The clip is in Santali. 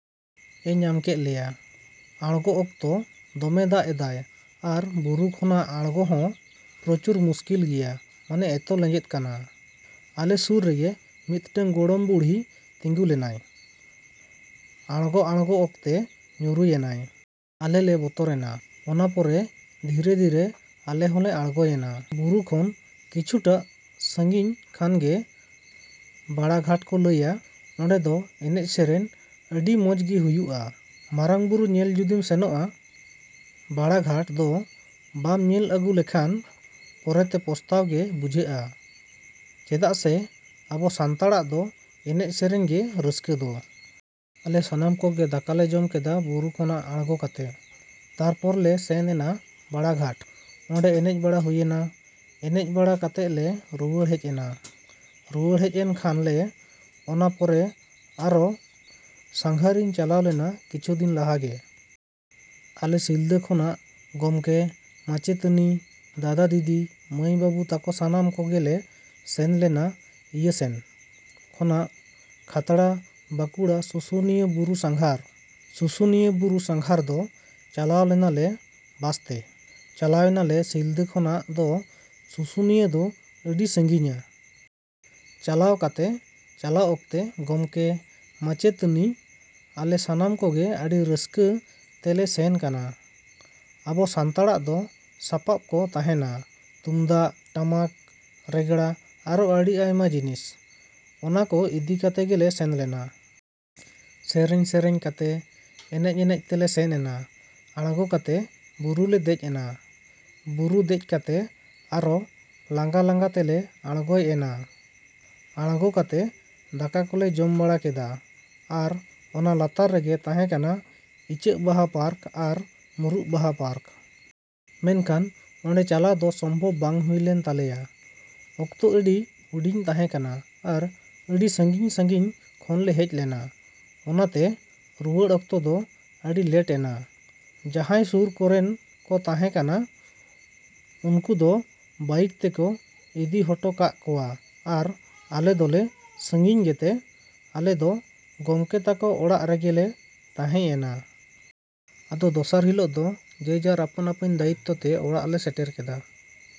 ᱮ ᱧᱟᱢ ᱠᱮᱜ ᱞᱮᱭᱟ᱾ ᱟᱲᱜᱚ ᱚᱠᱛᱚ ᱫᱚᱢᱮ ᱫᱟᱜ ᱮᱫᱟᱭ ᱟᱨ ᱵᱩᱨᱩ ᱠᱷᱚᱱᱟᱜ ᱟᱲᱜᱚ ᱦᱚᱸ ᱯᱨᱚᱪᱩᱨ ᱢᱩᱥᱠᱤᱞ ᱜᱮᱭᱟ ᱢᱟᱱᱮ ᱮᱛᱚ ᱞᱮᱸᱡᱮᱫ ᱠᱟᱱᱟ᱾ ᱟᱞᱮ ᱥᱩᱨ ᱨᱮᱜᱮ ᱢᱤᱫᱴᱟᱝ ᱜᱚᱲᱚᱢ ᱵᱩᱲᱦᱤ ᱛᱤᱸᱜᱩ ᱞᱮᱱᱟᱭ᱾ ᱟᱲᱜᱚ ᱟᱬᱜᱚ ᱚᱠᱛᱮ ᱧᱩᱨᱩᱭ ᱮᱱᱟᱭ᱾ ᱟᱞᱮ ᱞᱮ ᱵᱚᱛᱚᱨ ᱮᱱᱟ᱾ ᱚᱱᱟ ᱯᱚᱨᱮ ᱫᱷᱤᱨᱮ ᱫᱷᱤᱨᱮ ᱟᱞᱮ ᱦᱚᱸᱞᱮ ᱟᱬᱜᱚᱭᱮᱱᱟ᱾ ᱵᱩᱨᱩ ᱠᱷᱚᱱ ᱠᱤᱪᱷᱩᱴᱟ ᱥᱟᱺᱜᱤᱧ ᱠᱷᱟᱱᱜᱮ ᱵᱟᱲᱟ ᱜᱷᱟᱴ ᱠᱚ ᱞᱟᱹᱭᱟ, ᱚᱸᱰᱮ ᱫᱚ ᱮᱱᱮᱡ ᱥᱮᱨᱮᱧ ᱟᱹᱰᱤ ᱢᱚᱡᱽ ᱜᱮ ᱦᱩᱭᱩᱜᱼᱟ᱾ ᱢᱟᱨᱟᱝᱼᱵᱩᱨᱩ ᱧᱮᱞ ᱡᱩᱫᱤᱢ ᱥᱮᱱᱚᱜᱼᱟ, ᱵᱟᱲᱟ ᱜᱷᱟᱴ ᱫᱚ ᱵᱟᱢ ᱧᱮᱞ ᱟᱹᱜᱩ ᱞᱮᱠᱷᱟᱱ ᱯᱚᱨᱮᱛᱮ ᱯᱚᱥᱛᱟᱣ ᱜᱮ ᱵᱩᱡᱷᱟᱹᱜᱼᱟ ᱪᱮᱫᱟᱜ ᱥᱮ ᱟᱵᱚ ᱥᱟᱱᱛᱟᱲᱟᱜ ᱫᱚ ᱮᱱᱮᱡ ᱥᱮᱨᱮᱧ ᱜᱮ ᱨᱟᱹᱥᱠᱟᱹ ᱫᱚ᱾ ᱟᱞᱮ ᱥᱟᱱᱟᱢ ᱠᱚᱜᱮ ᱫᱟᱠᱟᱞᱮ ᱡᱚᱢ ᱠᱮᱫᱟ ᱵᱩᱨᱩ ᱠᱷᱚᱱᱟᱜ ᱟᱬᱜᱚ ᱠᱟᱛᱮ᱾ ᱛᱟᱨᱯᱚᱨ ᱞᱮ ᱥᱮᱱ ᱮᱱᱟ ᱵᱟᱲᱟ ᱜᱷᱟᱴ᱾ ᱚᱸᱰᱮ ᱮᱱᱮᱡ ᱵᱟᱲᱟ ᱦᱩᱭ ᱮᱱᱟ᱾ ᱮᱱᱮᱡ ᱵᱟᱲᱟ ᱠᱟᱛᱮ ᱞᱮ ᱨᱩᱣᱟᱹᱲ ᱦᱮᱡ ᱮᱱᱟ᱾ ᱨᱩᱣᱟᱹᱲ ᱦᱮᱡ ᱮᱱ ᱠᱷᱟᱱ ᱞᱮ ᱚᱱᱟ ᱯᱚᱨᱮ ᱟᱨᱚ ᱥᱟᱸᱜᱷᱟᱨ ᱤᱧ ᱪᱟᱞᱟᱣ ᱞᱮᱱᱟ ᱠᱤᱪᱷᱩ ᱫᱤᱱ ᱞᱟᱦᱟᱜᱮ᱾ ᱟᱞᱮ ᱥᱤᱞᱫᱟᱹ ᱠᱷᱚᱱᱟᱜ, ᱜᱚᱢᱠᱮ, ᱢᱟᱪᱮᱛᱟᱹᱱᱤ, ᱫᱟᱫᱟᱼᱫᱤᱫᱤ, ᱢᱟᱹᱭ, ᱵᱟᱹᱵᱩ ᱛᱟᱠᱚ ᱥᱟᱱᱟᱢ ᱠᱚᱜᱮᱞᱮ ᱥᱮᱱ ᱞᱮᱱᱟ ᱤᱭᱟᱹ ᱥᱮᱱ ᱠᱷᱚᱱᱟᱜ ᱠᱷᱟᱛᱲᱟ, ᱵᱟᱸᱠᱩᱲᱟ ᱥᱩᱥᱩᱱᱤᱭᱟᱹ ᱵᱩᱨᱩ ᱥᱟᱸᱜᱷᱟᱨ᱾ ᱥᱩᱥᱩᱱᱤᱭᱟᱹ ᱵᱩᱨᱩ ᱥᱟᱸᱜᱷᱟᱨ ᱫᱚ ᱪᱟᱞᱟᱣ ᱞᱮᱱᱟᱞᱮ ᱵᱟᱥᱛᱮ᱾ ᱪᱟᱞᱟᱣᱱᱟᱞᱮ ᱥᱤᱞᱫᱟᱹ ᱠᱷᱚᱱᱟᱜ ᱫᱚ ᱥᱩᱥᱩᱱᱤᱭᱟᱹ ᱫᱚ ᱟᱹᱰᱤ ᱥᱟᱺᱜᱤᱧᱟ᱾ ᱪᱟᱞᱟᱣ ᱠᱟᱛᱮ ᱪᱟᱞᱟᱣ ᱚᱠᱛᱮ ᱜᱚᱢᱠᱮ, ᱢᱟᱪᱮᱛᱟᱹᱱᱤ, ᱟᱞᱮ ᱥᱟᱱᱟᱢ ᱠᱚᱜᱮ ᱟᱹᱰᱤ ᱨᱟᱹᱥᱠᱟᱹ ᱛᱮᱞᱮ ᱥᱮᱱ ᱠᱟᱱᱟ᱾ ᱟᱵᱚ ᱥᱟᱱᱛᱟᱲᱟᱜ ᱫᱚ ᱥᱟᱯᱟᱯ ᱠᱚ ᱛᱟᱦᱮᱱᱟ ᱛᱩᱢᱫᱟᱜ, ᱴᱟᱢᱟᱠ, ᱨᱮᱸᱜᱽᱲᱟ ᱟᱨᱚ ᱟᱹᱰᱤ ᱟᱭᱢᱟ ᱡᱤᱱᱤᱥ᱾ ᱚᱱᱟ ᱠᱚ ᱤᱫᱤ ᱠᱟᱛᱮ ᱜᱮᱞᱮ ᱥᱮᱱ ᱞᱮᱱᱟ᱾ ᱥᱮᱨᱮᱧ ᱥᱮᱨᱮᱧ ᱠᱟᱛᱮ, ᱮᱱᱮᱡ ᱮᱱᱮᱡ ᱛᱮᱞᱮ ᱥᱮᱱ ᱮᱱᱟ᱾ ᱟᱬᱜᱳ ᱠᱟᱛᱮ ᱵᱩᱨᱩᱞᱮ ᱫᱮᱡ ᱮᱱᱟ᱾ ᱵᱩᱨᱩ ᱫᱮᱡ ᱠᱟᱛᱮ ᱟᱨᱚ ᱞᱟᱝᱜᱟ ᱞᱟᱝᱜᱟ ᱛᱮᱞᱮ ᱟᱬᱜᱚᱭ ᱮᱱᱟ᱾ ᱟᱬᱜᱳ ᱠᱟᱛᱮ ᱫᱟᱠᱟ ᱠᱚᱞᱮ ᱡᱚᱢ ᱵᱟᱲᱟ ᱠᱮᱫᱟ᱾ ᱟᱨ ᱚᱱᱟ ᱞᱟᱛᱟᱨ ᱨᱮᱜᱮ ᱛᱟᱦᱮᱸ ᱠᱟᱱᱟ ᱤᱪᱟᱹᱜ ᱵᱟᱦᱟ ᱯᱟᱨᱠ ᱟᱨ ᱢᱩᱨᱩᱜ ᱵᱟᱦᱟ ᱯᱟᱨᱠ᱾ ᱢᱮᱱᱠᱷᱟᱱ ᱚᱸᱰᱮ ᱪᱟᱞᱟᱣ ᱫᱚ ᱥᱚᱢᱵᱷᱚᱵ ᱵᱟᱝ ᱦᱩᱭᱞᱮᱱ ᱛᱟᱞᱮᱭᱟ᱾ ᱚᱠᱛᱚ ᱟᱹᱰᱤ ᱦᱩᱰᱤᱧ ᱛᱟᱦᱮᱸ ᱠᱟᱱᱟ ᱟᱨ ᱟᱹᱰᱤ ᱥᱟᱺᱜᱤᱧ ᱥᱟᱺᱜᱤᱧ ᱠᱷᱚᱱᱞᱮ ᱦᱮᱡ ᱞᱮᱱᱟ᱾ ᱚᱱᱟᱛᱮ ᱨᱩᱣᱟᱹᱲ ᱚᱠᱛᱚ ᱫᱚ ᱟᱹᱰᱤ ᱞᱮᱴ ᱮᱱᱟ᱾ ᱡᱟᱦᱟᱸᱭ ᱥᱩᱨ ᱠᱚᱨᱮᱱ ᱠᱚ ᱛᱟᱦᱮᱸ ᱠᱟᱱᱟ ᱩᱱᱠᱩ ᱫᱚ ᱵᱟᱭᱤᱠ ᱛᱮᱠᱚ ᱤᱫᱤ ᱦᱚᱴᱚ ᱠᱟᱜ ᱠᱚᱣᱟ ᱟᱨ ᱟᱞᱮ ᱫᱚᱞᱮ ᱥᱟᱺᱜᱤᱧ ᱜᱮᱛᱮ ᱟᱞᱮ ᱫᱚ ᱜᱚᱢᱠᱮ ᱛᱟᱠᱚ ᱚᱲᱟᱜ ᱨᱮᱜᱮᱞᱮ ᱛᱟᱦᱮᱸᱭ ᱮᱱᱟ᱾ ᱟᱫᱚ ᱫᱚᱥᱟᱨ ᱦᱤᱞᱳᱜ ᱫᱚ ᱡᱮ ᱡᱟᱨ ᱟᱯᱟᱱ ᱟᱹᱯᱤᱱ ᱫᱟᱭᱤᱛᱛᱚ ᱛᱮ ᱚᱲᱟᱜ ᱞᱮ ᱥᱮᱴᱮᱨ ᱠᱮᱫᱟ᱾।